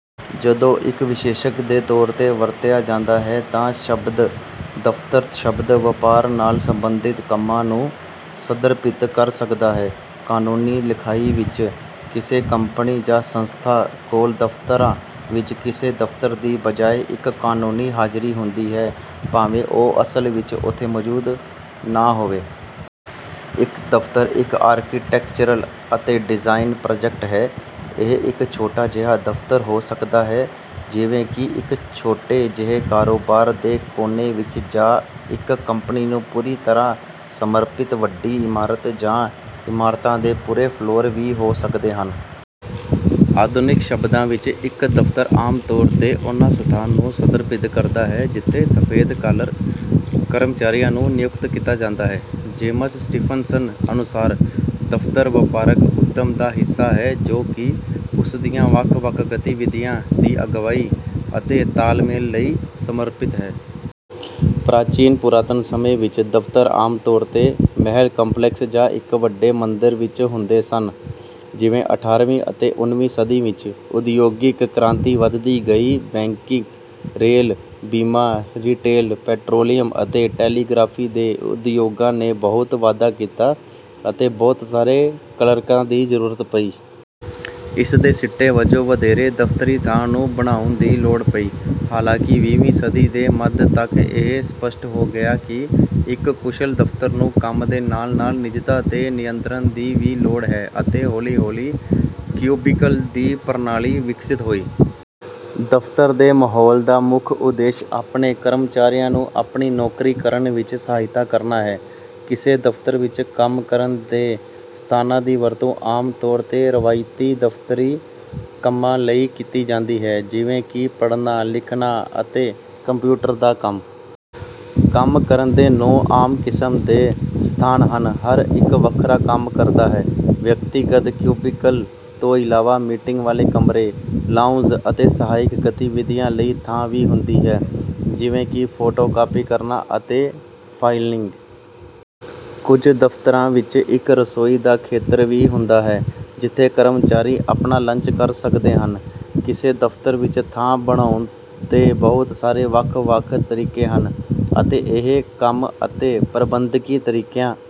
ਜਦੋਂ ਇੱਕ ਵਿਸ਼ੇਸ਼ਣ ਦੇ ਤੌਰ ਤੇ ਵਰਤਿਆ ਜਾਂਦਾ ਹੈ ਤਾਂ ਸ਼ਬਦ ਦਫ਼ਤਰ ਸ਼ਬਦ ਵਪਾਰ ਨਾਲ ਸੰਬੰਧਿਤ ਕੰਮਾਂ ਨੂੰ ਸੰਦਰਭਿਤ ਕਰ ਸਕਦਾ ਹੈ। ਕਾਨੂੰਨੀ ਲਿਖਾਈ ਵਿੱਚ ਕਿਸੇ ਕੰਪਨੀ ਜਾਂ ਸੰਸਥਾ ਕੋਲ ਦਫ਼ਤਰਾਂ ਵਿੱਚ ਕਿਸੇ ਦਫ਼ਤਰ ਦੀ ਬਜਾਏ ਇੱਕ ਕਾਨੂੰਨੀ ਹਾਜ਼ਰੀ ਹੁੰਦੀ ਹੈ ਭਾਵੇਂ ਉਹ ਅਸਲ ਵਿੱਚ ਉਥੇ ਮੌਜੂਦ ਨਾ ਹੋਵੇ। ਇੱਕ ਦਫ਼ਤਰ ਇੱਕ ਆਰਕੀਟੈਕਚਰਲ ਅਤੇ ਡਿਜ਼ਾਈਨ ਪ੍ਰਾਜੈਕਟ ਹੈ। ਇਹ ਇੱਕ ਛੋਟਾ ਜਿਹਾ ਦਫ਼ਤਰ ਹੋ ਸਕਦਾ ਹੈ ਜਿਵੇਂ ਕਿ ਇੱਕ ਛੋਟੇ ਜਿਹੇ ਕਾਰੋਬਾਰ ਦੇ ਕੋਨੇ ਵਿੱਚ ਜਾਂ ਇੱਕ ਕੰਪਨੀ ਨੂੰ ਪੂਰੀ ਤਰ੍ਹਾਂ ਸਮਰਪਿਤ ਵੱਡੀ ਇਮਾਰਤ ਜਾਂ ਇਮਾਰਤਾਂ ਦੇ ਪੂਰੇ ਫਲੋਰ ਵੀ ਹੋ ਸਕਦੇ ਹਨ। ਆਧੁਨਿਕ ਸ਼ਬਦਾਂ ਵਿੱਚ ਇੱਕ ਦਫ਼ਤਰ ਆਮ ਤੌਰ ਤੇ ਉਹਨਾਂ ਸਥਾਨ ਨੂੰ ਸੰਦਰਭਿਤ ਕਰਦਾ ਹੈ ਜਿੱਥੇ ਸਫੈਦ-ਕਾਲਰ ਕਰਮਚਾਰੀਆਂ ਨੂੰ ਨਿਯੁਕਤ ਕੀਤਾ ਜਾਂਦਾ ਹੈ। ਜੇਮਸ ਸਟੀਫਨਸਨ ਅਨੁਸਾਰ ਦਫ਼ਤਰ ਵਪਾਰਕ ਉੱਦਮ ਦਾ ਹਿੱਸਾ ਹੈ ਜੋ ਕਿ ਉਸ ਦੀਆਂ ਵੱਖ-ਵੱਖ ਗਤੀਵਿਧੀਆਂ ਦੀ ਅਗਵਾਈ ਅਤੇ ਤਾਲਮੇਲ ਲਈ ਸਮਰਪਿਤ ਹੈ। ਪ੍ਰਾਚੀਨ ਪੁਰਾਤਨ ਸਮੇਂ ਵਿੱਚ ਦਫ਼ਤਰ ਆਮ ਤੌਰ ਤੇ ਮਹਿਲ ਕੰਪਲੈਕਸ ਜਾਂ ਇੱਕ ਵੱਡੇ ਮੰਦਰ ਵਿੱਚ ਹੁੰਦੇ ਸਨ। ਜਿਵੇਂ ਅਠਾਰਵੀਂ ਅਤੇ ਉਨਵੀਂ ਸਦੀ ਵਿੱਚ ਉਦਯੋਗਿਕ ਕ੍ਰਾਂਤੀ ਵਧਦੀ ਗਈ ਬੈਂਕਿੰਗ, ਰੇਲ, ਬੀਮਾ, ਰਿਟੇਲ, ਪੈਟਰੋਲੀਅਮ ਅਤੇ ਟੈਲੀਗ੍ਰਾਫੀ ਦੇ ਉਦਯੋਗਾਂ ਨੇ ਬਹੁਤ ਵਾਧਾ ਕੀਤਾ ਅਤੇ ਬਹੁਤ ਸਾਰੇ ਕਲਰਕਾਂ ਦੀ ਜ਼ਰੂਰਤ ਪਈ। ਇਸਦੇ ਸਿੱਟੇ ਵਜੋਂ ਵਧੇਰੇ ਦਫ਼ਤਰੀ ਥਾਂ ਨੂੰ ਬਣਾਉਣ ਦੀ ਲੋੜ ਪਈ। ਹਾਲਾਂਕਿ ਵੀਹ ਵੀਂ ਸਦੀ ਦੇ ਮੱਧ ਤੱਕ ਇਹ ਸਪੱਸ਼ਟ ਹੋ ਗਿਆ ਕਿ ਇੱਕ ਕੁਸ਼ਲ ਦਫ਼ਤਰ ਨੂੰ ਕੰਮ ਦੇ ਨਾਲ ਨਾਲ ਨਿੱਜਤਾ ਦੇ ਨਿਯੰਤਰਣ ਦੀ ਵੀ ਲੋੜ ਹੈ ਅਤੇ ਹੌਲੀ ਹੌਲੀ ਕਿਊਬਿਕਲ ਦੀ ਪ੍ਰਣਾਲੀ ਵਿਕਸਿਤ ਹੋਈ। ਦਫ਼ਤਰ ਦੇ ਮਾਹੌਲ ਦਾ ਮੁੱਖ ਉਦੇਸ਼ ਆਪਣੇ ਕਰਮਚਾਰੀਆਂ ਨੂੰ ਆਪਣੀ ਨੌਕਰੀ ਕਰਨ ਵਿੱਚ ਸਹਾਇਤਾ ਕਰਨਾ ਹੈ। ਕਿਸੇ ਦਫ਼ਤਰ ਵਿੱਚ ਕੰਮ ਕਰਨ ਦੇ ਸਥਾਨਾਂ ਦੀ ਵਰਤੋਂ ਆਮ ਤੌਰ ਤੇ ਰਵਾਇਤੀ ਦਫ਼ਤਰੀ ਕੰਮਾਂ ਲਈ ਕੀਤੀ ਜਾਂਦੀ ਹੈ ਜਿਵੇਂ ਕਿ ਪੜ੍ਹਨਾ, ਲਿਖਣਾ ਅਤੇ ਕੰਪਿਊਟਰ ਦਾ ਕੰਮ। ਕੰਮ ਕਰਨ ਦੇ ਨੌਂ ਆਮ ਕਿਸਮ ਦੇ ਸਥਾਨ ਹਨ ਅਤੇ ਹਰ ਇੱਕ ਵੱਖਰਾ ਕੰਮ ਕਰਦਾ ਹੈ। ਵਿਅਕਤੀਗਤ ਕਿਊਬਿਕਲ ਤੋਂ ਇਲਾਵਾ ਮੀਟਿੰਗ ਵਾਲੇ ਕਮਰੇ, ਲਾਉਂਜ ਅਤੇ ਸਹਾਇਕ ਗਤੀਵਿਧੀਆਂ ਲਈ ਥਾਂ ਵੀ ਹੁੰਦੀ ਹੈ ਜਿਵੇਂ ਕਿ ਫੋਟੋ ਕਾਪੀ ਕਰਨਾ ਅਤੇ ਫਾਈਲਿੰਗ। ਕੁਝ ਦਫ਼ਤਰਾਂ ਵਿੱਚ ਇੱਕ ਰਸੋਈ ਦਾ ਖੇਤਰ ਵੀ ਹੁੰਦਾ ਹੈ ਜਿੱਥੇ ਕਰਮਚਾਰੀ ਆਪਣਾ ਲੰਚ ਕਰ ਸਕਦੇ ਹਨ। ਕਿਸੇ ਦਫ਼ਤਰ ਵਿੱਚ ਥਾਂ ਬਣਾਉਣ ਦੇ ਬਹੁਤ ਸਾਰੇ ਵੱਖ-ਵੱਖ ਤਰੀਕੇ ਹਨ ਅਤੇ ਇਹ ਕੰਮ ਅਤੇ ਪ੍ਰਬੰਧਕੀ ਤਰੀਕਿਆਂ